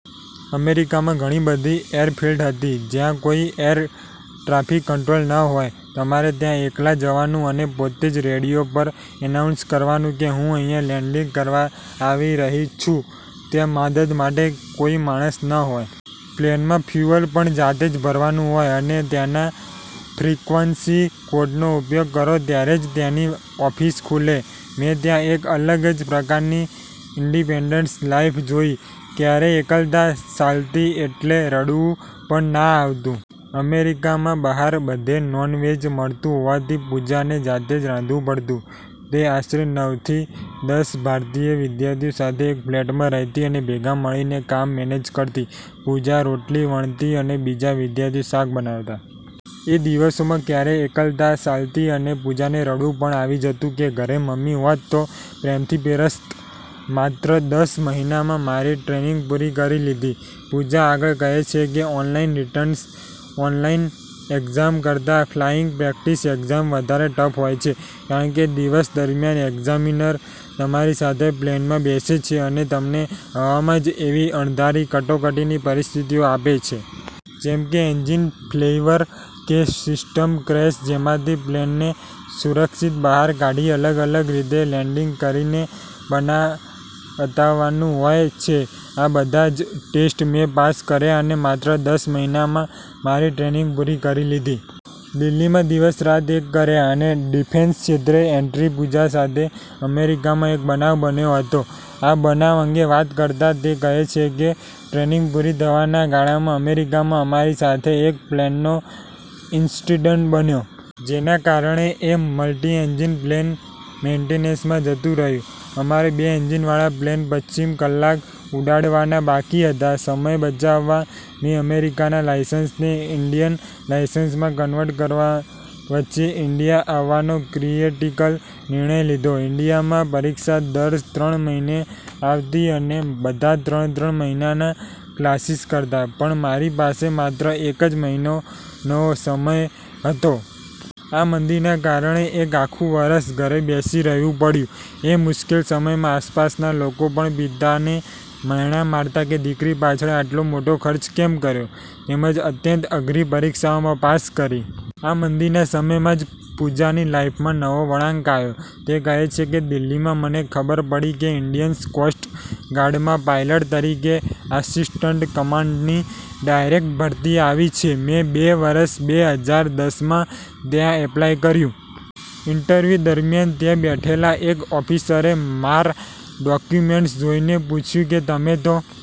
અમેરિકામાં ઘણી બધી એરફિલ્ડ હતી, જ્યાં કોઇ 'એર ટ્રાફિક કંટ્રોલર' ન હોય. તમારે ત્યાં એકલા જવાનું અને પોતે જ રેડિયો પર એનાઉન્સ કરવાનું કે "હું અહીંયા લેન્ડિંગ કરવા આવી રહી છું." ત્યાં મદદ માટે કોઈ માણસ ન હોય. પ્લેનમાં ફ્યૂઅલ પણ જાતે જ ભરવાનું હોય અને ત્યાંના ફ્રિક્વન્સી કોડનો ઉપયોગ કરો ત્યારે જ ત્યાંની ઓફિસ ખુલે. મેં ત્યાં એક અલગ જ પ્રકારની ઇન્ડિપેન્ડન્ટ લાઇફ જોઇ. ક્યારેક એકલતા સાલતી એટલે રડવું પણ આવતું. અમેરિકામાં બહાર બધે નોન-વેજ મળતું હોવાથી પૂજાને જાતે જ રાંધવું પડતું. તે આશરે નવ થી દસ ભારતીય વિદ્યાર્થીઓ સાથે એક ફ્લેટમાં રહેતી, અને ભેગા મળીને કામ મેનેજ કરતી. પૂજા રોટલી વણતી અને બીજા વિદ્યાર્થીઓ શાક બનાવતા. એ દિવસોમાં ક્યારેક એકલતા સાલતી અને પૂજાને રડવું પણ આવી જતું કે ઘરે " મમ્મી હોત તો પ્રેમથી પીરસત. "માત્ર દસ મહિનામાં મારી ટ્રેનિંગ પૂરી કરી લીધી." પૂજા આગળ કહે છે કે, "ઓનલાઇન રિટર્ન એક્ઝામ કરતાં ફ્લાઇંગની પ્રેક્ટિકલ એક્ઝામ વધારે ટફ હોય છે, કારણ કે દિવસ દરમિયાન એક્ઝામિનર તમારી સાથે પ્લેનમાં બેસે છે, અને તમને હવામાં જ એવી અણધારી કટોકટીની પરિસ્થિતિઓ આપે છે. જેમ કે 'એન્જિન ફેલિયર' કે 'સિસ્ટમ ક્રેશ', જેમાંથી પ્લેનને સુરક્ષિત બહાર કાઢી અલગ-અલગ રીતે લેન્ડિંગ કરીને બતાવવાનું હોય છે. આ બધા જ ટેસ્ટ મેં પાસ કર્યા અને માત્ર દસ મહિનામાં મારી ટ્રેનિંગ પૂરી કરી લીધી. દિલ્હીમાં દિવસ-રાત એક કર્યા અને ડિફેન્સ ક્ષેત્રે એન્ટ્રી પૂજા સાથે અમેરિકામાં એક બનાવ બન્યો હતો. આ બનાવ અંગે વાત કરતા તે કહે છે કે, ટ્રેનિંગ પૂરી થવાના ગાળામાં અમેરિકામાં અમારી સાથે એક પ્લેનનો ઇન્સિડન્ટ બન્યો. જેના કારણે એ મલ્ટી-એન્જિન પ્લેન મેઇન્ટેનન્સમાં જતું રહ્યું. અમારે બે એન્જિનવાળા પ્લેન પચ્ચીસ કલાક ઉડાડવવાના બાકી હતા. સમય બચાવવા મેં અમેરિકાના લાયસન્સને ઇન્ડિયન લાયસન્સમાં કન્વર્ટ કરાવવા વચ્ચે ઇન્ડિયા આવવાનો ક્રિટિકલ નિર્ણય લીધો. ઇન્ડિયામાં પરીક્ષા દર ત્રણ મહિને આવતી અને બધા ત્રણ-ત્રણ મહિનાના ક્લાસીસ કરતા, પણ મારી પાસે માત્ર એક જ મહિનાનો સમય હતો. આ મંદીના કારણે એક આખું વર્ષ ઘરે બેસી રહેવું પડ્યું. એ મુશ્કેલ સમયમાં આસપાસના લોકો પણ પિતાને મહેણાં મારતા કે "દીકરી પાછળ આટલો મોટો ખર્ચ કેમ કર્યો?" તેમજ અત્યંત અઘરી પરીક્ષાઓમાં પાસ કરી. આ મંદીના સમયમાં જ પૂજાની લાઇફમાં નવો વળાંક આવ્યો. તે કહે છે કે "દિલ્હીમાં મને ખબર પડી કે ઇન્ડિયન કોસ્ટ ગાર્ડમાં પાયલટ તરીકે આસિસ્ટન્ટ કમાન્ડન્ટની ડાયરેક્ટ ભરતી આવી છે. મેં વર્ષ બે હજાર દસ માં ત્યાં એપ્લાય કર્યું. ઇન્ટરવ્યૂ દરમિયાન ત્યાં બેઠેલા એક ઓફિસરે મારા ડોક્યુમેન્ટ્સ જોઇને પૂછ્યું કે, 'તમે તો